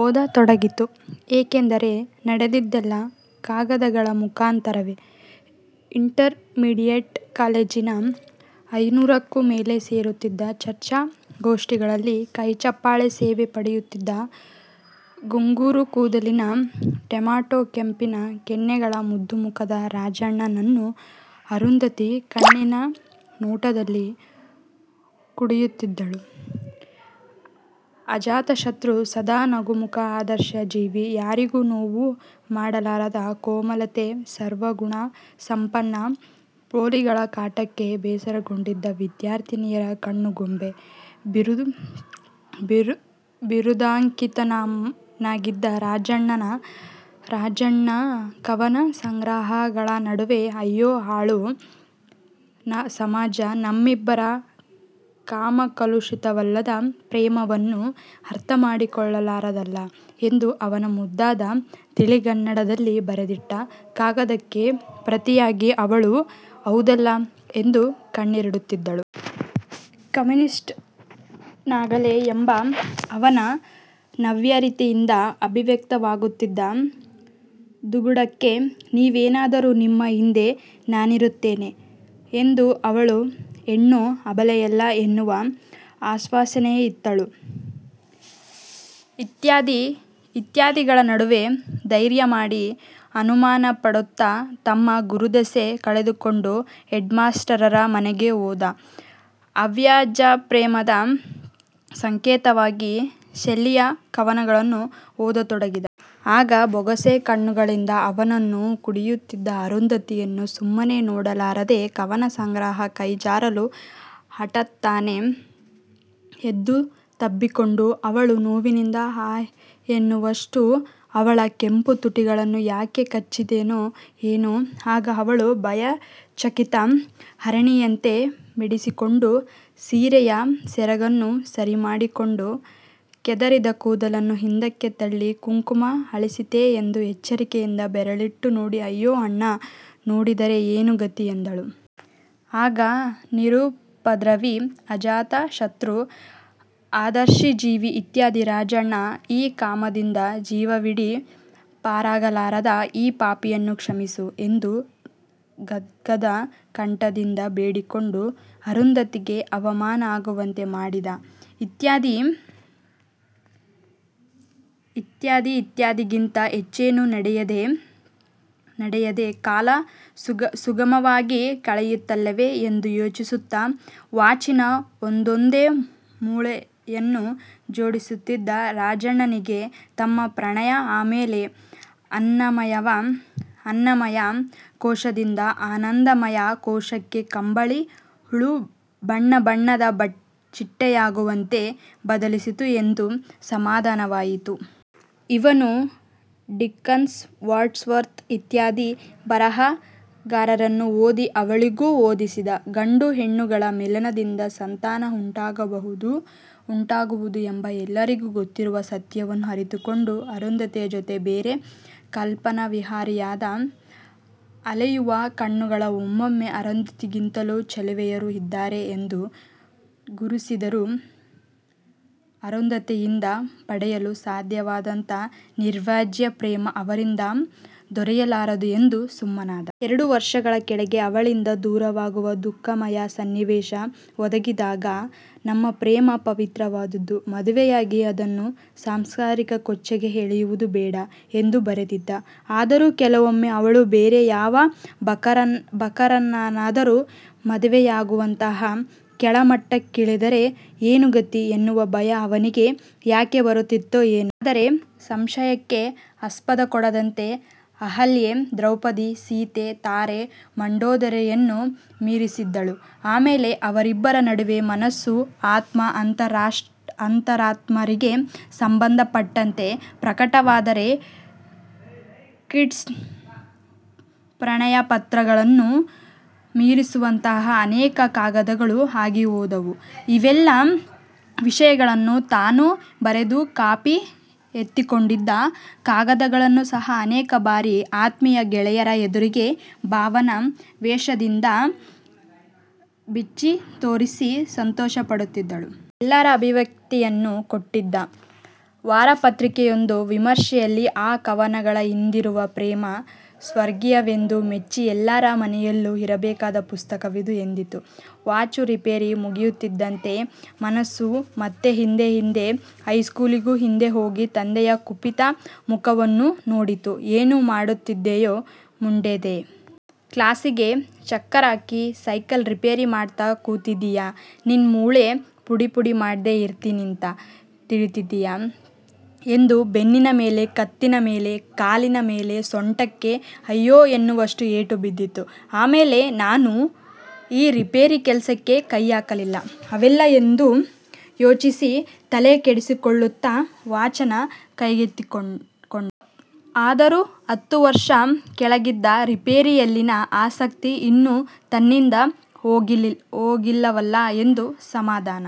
ಓದತೊಡಗಿತು ಯಾಕೆಂದರೆ ನಡೆದದ್ದೆಲ್ಲ ಕಾಗದಗಳ ಮುಖಾಂತರವೆ. ಇಂಟರ್ ಮೀಡಿಯೆಟ್ ಕಾಲೇಜಿನ ಐನೂರಕ್ಕೂ ಮೇಲೆ ಸೇರುತ್ತಿದ್ದ ಚರ್ಚಾ ಗೋಷ್ಠಿಗಳಲ್ಲಿ ಕೈಚಪ್ಪಾಳೆ ಸೇವೆ ಪಡೆಯುತ್ತಿದ್ದ ಗುಂಗುರುಕೂದಲಿನ ಟೊಮ್ಯಾಟೋ ಕೆಂಪಿನ ಕೆನ್ನೆಗಳ ಮುದ್ದು ಮುಖದ ರಾಜಣ್ಣನನ್ನು ಅರುಂಧತಿ ಕಣ್ಣಿನ ನೋಟದಲ್ಲಿ ಕುಡಿಯುತ್ತಿದ್ದಳು. ಅಜಾತಶತ್ರು ಸದಾ ನಗುಮುಖ ಆದರ್ಶ ಜೀವಿ ಯಾರಿಗೂ ನೋವು ಮಾಡಲಾರದ ಕೋಮಲತೆ ಸರ್ವಗುಣ ಸಂಪನ್ನ ಪೋಲಿಗಳ ಕಾಟಕ್ಕೆ ಬೇಸರಗೊಂಡಿದ್ದ ವಿದ್ಯಾರ್ಥಿನಿಯರ ಕಣ್ಣುಗೊಂಬೆ – ಬಿರುದಾಂಕಿತನಾಗಿದ್ದ ರಾಜಣ್ಣ ಕವನ ಸಂಗ್ರಹಗಳ ನಡುವೆ 'ಅಯ್ಯೋ ಹಾಳು ಸಮಾಜ ನಮ್ಮಿಬ್ಬರ ಕಾಮಕಲುಷಿತವಲ್ಲದ ಪ್ರೇಮವನ್ನು ಅರ್ಥಮಾಡಿಕೊಳ್ಳಲಾರದಲ್ಲ' ಎಂದು ಅವನ ಮುದ್ದಾದ ತಿಳಿಗನ್ನಡದಲ್ಲಿ ಬರೆದಿಟ್ಟ ಕಾಗದಕ್ಕೆ ಪ್ರತಿಯಾಗಿ ಅವಳು 'ಹೌದಲ್ಲಾ' ಎಂದು ಕಣ್ಣೀರಿಡುತ್ತಿದ್ದಳು. 'ಕಮ್ಯೂನಿಸ್ಟ್' ನಾಗಲೇ ಎಂಬ ಅವನ ನವ್ಯರೀತಿಯಿಂದ ಅಭಿವ್ಯಕ್ತವಾಗುತ್ತಿದ್ದ ದುಗುಡಕ್ಕೆ "ನೀವು ಏನಾದರೂ ನಿಮ್ಮ ಹಿಂದೆ ನಾನಿರುತ್ತೇನೆ" ಎಂದುಅ ವಳು ಹೆಣ್ಣು ಅಬಲೆಯಲ್ಲ ಎನ್ನುವ ಆಶ್ವಾಸನೆಯಿತ್ತಳು. ಇತ್ಯಾದಿ ಇತ್ಯಾದಿಗಳ ನಡುವೆ ಧೈರ್ಯ ಮಾಡಿ ಅನುಮಾನ ಪಡುತ್ತ ತಮ್ಮ ಗುರುದೆಸೆ ಕಳೆದುಕೊಂಡು ಹೆಡ್ಮಾಸ್ಟರರ ಮನೆಗೆ ಹೋದ. ಅವ್ಯಾಜಪ್ರೇಮದ ಸಂಕೇತವಾಗಿ ಶೆಲ್ಲಿಯ ಕವನಗಳನ್ನು ಓದತೊಡಗಿದ. ಆಗ ಬೊಗಸೆ ಕಣ್ಣುಗಳಿಂದ ಅವನನ್ನು ಕುಡಿಯುತ್ತಿದ್ದ ಅರುಂಧತಿಯನ್ನು ಸುಮ್ಮನೆ ನೋಡಲಾರದೆ ಕವನಸಂಗ್ರಹ ಕೈಜಾರಲು ಹಠಾತ್ತನೆ ಎದ್ದು ತಬ್ಬಿಕೊಂಡು ಅವಳು ನೋವಿನಿಂದ 'ಹಾಯ್' ಎನ್ನುವಷ್ಟು ಅವಳ ಕೆಂಪು ತುಟಿಗಳನ್ನು ಯಾಕೆ ಕಚ್ಚಿದೆನೋ ಏನೋ ಆಗ ಅವಳು ಭಯಚಕಿತ ಹರಿಣಿಯಂತೆ ಬಿಡಿಸಿಕೊಂಡು ಸೀರೆಯ ಸೆರಗನ್ನು ಸರಿಮಾಡಿಕೊಂಡು, ಕೆದರಿದ ಕೂದಲನ್ನು ಹಿಂದಕ್ಕೆ ತಳ್ಳಿ, ಕುಂಕುಮ ಅಳಿಸಿತೇ ಎಂದು ಎಚ್ಚರಿಕೆಯಿಂದ ಬೆರಳಿಟ್ಟು ನೋಡಿ 'ಅಯ್ಯೋ ಅಣ್ಣ ನೋಡಿದರೆ ಏನು ಗತಿ' ಎಂದಳು. ಆಗ ನಿರುಪದ್ರವಿ, ಅಜಾತಶತ್ರು, ಆದರ್ಶಜೀವಿ ಇತ್ಯಾದಿ ರಾಜಣ್ಣ 'ಈ ಕಾಮದಿಂದ ಜೀವವಿಡೀ ಪಾರಾಗಲಾರದ ಈ ಪಾಪಿಯನ್ನು ಕ್ಷಮಿಸು' ಎಂದು ಗದ್ಗದ ಕಂಠದಿಂದ ಬೇಡಿಕೊಂಡು ಅರುಂಧತಿಗೆ ಅವಮಾನ ಆಗುವಂತೆ ಮಾಡಿದ. ಇತ್ಯಾದಿ ಇತ್ಯಾದಿಗಿಂತ ಹೆಚ್ಚೇನೂ ನಡೆಯದೆ ಕಾಲ ಸುಗಮವಾಗಿ ಕಳೆಯಿತಲ್ಲವೆ? ಎಂದು ಯೋಚಿಸುತ್ತ ವಾಚಿನ ಒಂದೊಂದೇ ಮೂಳೆಯನ್ನು ಜೋಡಿಸುತ್ತಿದ್ದ ರಾಜಣ್ಣನಿಗೆ ತಮ್ಮ ಪ್ರಣಯ ಆಮೇಲೆ ಅನ್ನಮಯ ಕೋಶದಿಂದ ಆನಂದಮಯ ಕೋಶಕ್ಕೆ ಕಂಬಳಿ ಹುಳ ಬಣ್ಣ ಬಣ್ಣದ ಚಿಟ್ಟೆಯಾಗುವಂತೆ ಬದಲಿಸಿತು ಎಂದು ಸಮಾಧಾನವಾಯಿತು. ಇವನು ಡಿಕನ್ಸ್, ವರ್ಡ್ಸ್ವರ್ತ್ ಇತ್ಯಾದಿ ಬರಹಗಾರರನ್ನು ಓದಿ ಅವಳಿಗೂ ಓದಿಸಿದ. ಗಂಡು ಹೆಣ್ಣುಗಳ ಮಿಲನದಿಂದ ಸಂತಾನ ಉಂಟಾಗುವುದು ಎಂಬ ಎಲ್ಲರಿಗೂ ಗೊತ್ತಿರುವ ಸತ್ಯವನ್ನು ಅರಿತುಕೊಂಡು ಅರುಂಧತಿಯ ಜೊತೆ ಬರೆ ಕಲ್ಪನಾವಿಹಾರಿಯಾದ. ಅಲೆಯುವ ಕಣ್ಣುಗಳು ಒಮ್ಮೊಮ್ಮೆ ಅರುಂಧತಿಗಿಂತಲೂ ಚೆಲುವೆಯರು ಇದ್ದಾರೆ ಎಂದು ಗುರುಸಿದರೂ ಅರುಂಧತಿಯಿಂದ ಪಡೆಯಲು ಸಾಧ್ಯವಾದಂತಹ ನಿರ್ವ್ಯಾಜ ಪ್ರೇಮ ಅವರಿಂದ ದೊರೆಯಲಾರದು ಎಂದು ಸುಮ್ಮನಾದ. ಎರಡು ವರ್ಷದ ಕೆಳಗೆ ಅವಳಿಂದ ದೂರವಾಗುವ ದುಃಖಮಯ ಸನ್ನಿವೇಶ ಒದಗಿದಾಗ "ನಮ್ಮ ಪ್ರೇಮ ಪವಿತ್ರವಾದುದು. ಮದುವೆಯಾಗಿ ಅದನ್ನು ಸಾಂಸಾರಿಕ ಕೊಚ್ಚೆಗೆ ಎಳೆಯುವುದು ಬೇಡ" ಎಂದು ಬರೆದಿದ್ದ. ಆದರೂ ಕೆಲವೊಮ್ಮೆ ಅವಳು ಬೇರೆ ಯಾವ ಬಕರನನ್ನಾದರೂ ಮದುವೆಯಾಗುವಂತಹ ಕೆಳಮಟ್ಟಕ್ಕಿಳಿದರೆ ಏನು ಗತಿ ಎನ್ನುವ ಭಯ ಅವನಿಗೆ ಯಾಕೆ ಬರುತ್ತಿತ್ತೊ ಏನೊ. ಆದರೆ ಸಂಶಯಕ್ಕೆ ಅಸ್ಪದಕೊಡದಂತೆ ಅಹಲ್ಯೆ, ದ್ರೌಪದಿ, ಸೀತೆ, ತಾರೆ, ಮಂಡೋದರಿಯನ್ನು ಮೀರಿಸಿದ್ದಳು. ಆಮೇಲೆ ಅವರಿಬ್ಬರ ನಡುವೆ ಮನಸ್ಸು ಆತ್ಮ ಅಂತರಾತ್ಮರಿಗೆ ಸಂಬಂಧ ಪಟ್ಟಂತೆ ಪ್ರಕಟವಾದರೆ ಕೀಟ್ಸ್ನ ಪ್ರಣಯಪತ್ರಗಳನ್ನೂ ಮೀರಿಸುವಂತಹ ಅನೇಕ ಕಾಗದಗಳು ಆಗಿಹೋದವು, ಇವೆಲ್ಲ ವಿಷಯಗಳನ್ನೂ ತಾನು ಬರೆದು ಕಾಪಿ ಎತ್ತಿಕೊಂಡಿದ್ದ ಕಾಗದಗಳನ್ನೂ ಸಹ ಅನೇಕ ಬಾರಿ ಆತ್ಮೀಯ ಗೆಳೆಯರ ಎದುರಿಗೆ ಭಾವನಾ ವೇಶದಿಂದ ಬಿಚ್ಚಿತೋರಿಸಿ ಸಂತೋಷಪಡುತ್ತಿದ್ದ. ಎಲ್ಲರ ಅಭಿವ್ಯಕ್ತಿಯನ್ನು ಕೊಟ್ಟಿದ್ದ. ವಾರಪತ್ರಿಕೆಯೊಂದು ವಿಮರ್ಶೆಯಲ್ಲಿ ಆ ಕವನಗಳ ಹಿಂದಿರುವ ಪ್ರೇಮ ಸ್ವರ್ಗೀಯವೆಂದು ಮೆಚ್ಚಿ ಎಲ್ಲರ ಮನೆಯಲ್ಲೂ ಇರಬೇಕಾದ ಪುಸ್ತಕವಿದು ಎಂದಿತ್ತು. ವಾಚು ರಿಪೇರಿ ಮುಗಿಯುತ್ತಿದ್ದಂತೆ ಮನಸ್ಸು ಮತ್ತೆ ಹಿಂದೆ ಹಿಂದೆ ಹೈಸ್ಕೂಲಿಗೂ ಹಿಂದೆ ಹೋಗಿ ತಂದೆಯ ಕುಪಿತ ಮುಖವನ್ನು ನೋಡಿತು. "ಏನು ಮಾಡ್ತಿದಿಯೋ ಮುಂಡೇದೆ. ಕ್ಲಾಸಿಗೆ ಚಕ್ಕರ್ ಹಾಕಿ ಸೈಕಲ್ ರಿಪೇರಿ ಮಾಡ್ತ ಕೂತಿದೀಯಾ – ನಿನ್ನ ಮೂಳೆ ಪುಡಿಪುಡಿ ಮಾಡ್ದೆ ಇರ್ತೀನೀಂತ ತಿಳ್ದಿದಿಯಾ" ಎಂದು ಬೆನ್ನಿನ ಮೇಲೆ ಕತ್ತಿನ ಮೇಲೆ ಕಾಲಿನ ಮೇಲೆ ಸೊಂಟಕ್ಕೆ 'ಅಯ್ಯೊ' ಎನ್ನುವಷ್ಟು ಏಟು ಬಿದ್ದಿತು. ಆಮೇಲೆ ನಾನು ಈ ರಿಪೇರಿ ಕೆಲಸಕ್ಕೆ ಕೈಹಾಕಲಿಲ್ಲ ಅಲ್ಲವೇ ಎಂದು ಯೋಚಿಸಿ ತಲೆ ಕರೆದುಕೊಳ್ಳುತ್ತ ವಾಚನ್ನು ಕೈಗೆತ್ತಿಕೊಂಡ. ಆದರೂ ಹತ್ತು ವರ್ಷದ ಕೆಳಗಿದ್ದ ರಿಪೇರಿಯಲ್ಲಿನ ಆಸಕ್ತಿ ಇನ್ನೂ ತನ್ನಿಂದ ಹೋಗಿಲ್ಲವಲ್ಲ ಎಂದು ಸಮಾಧನ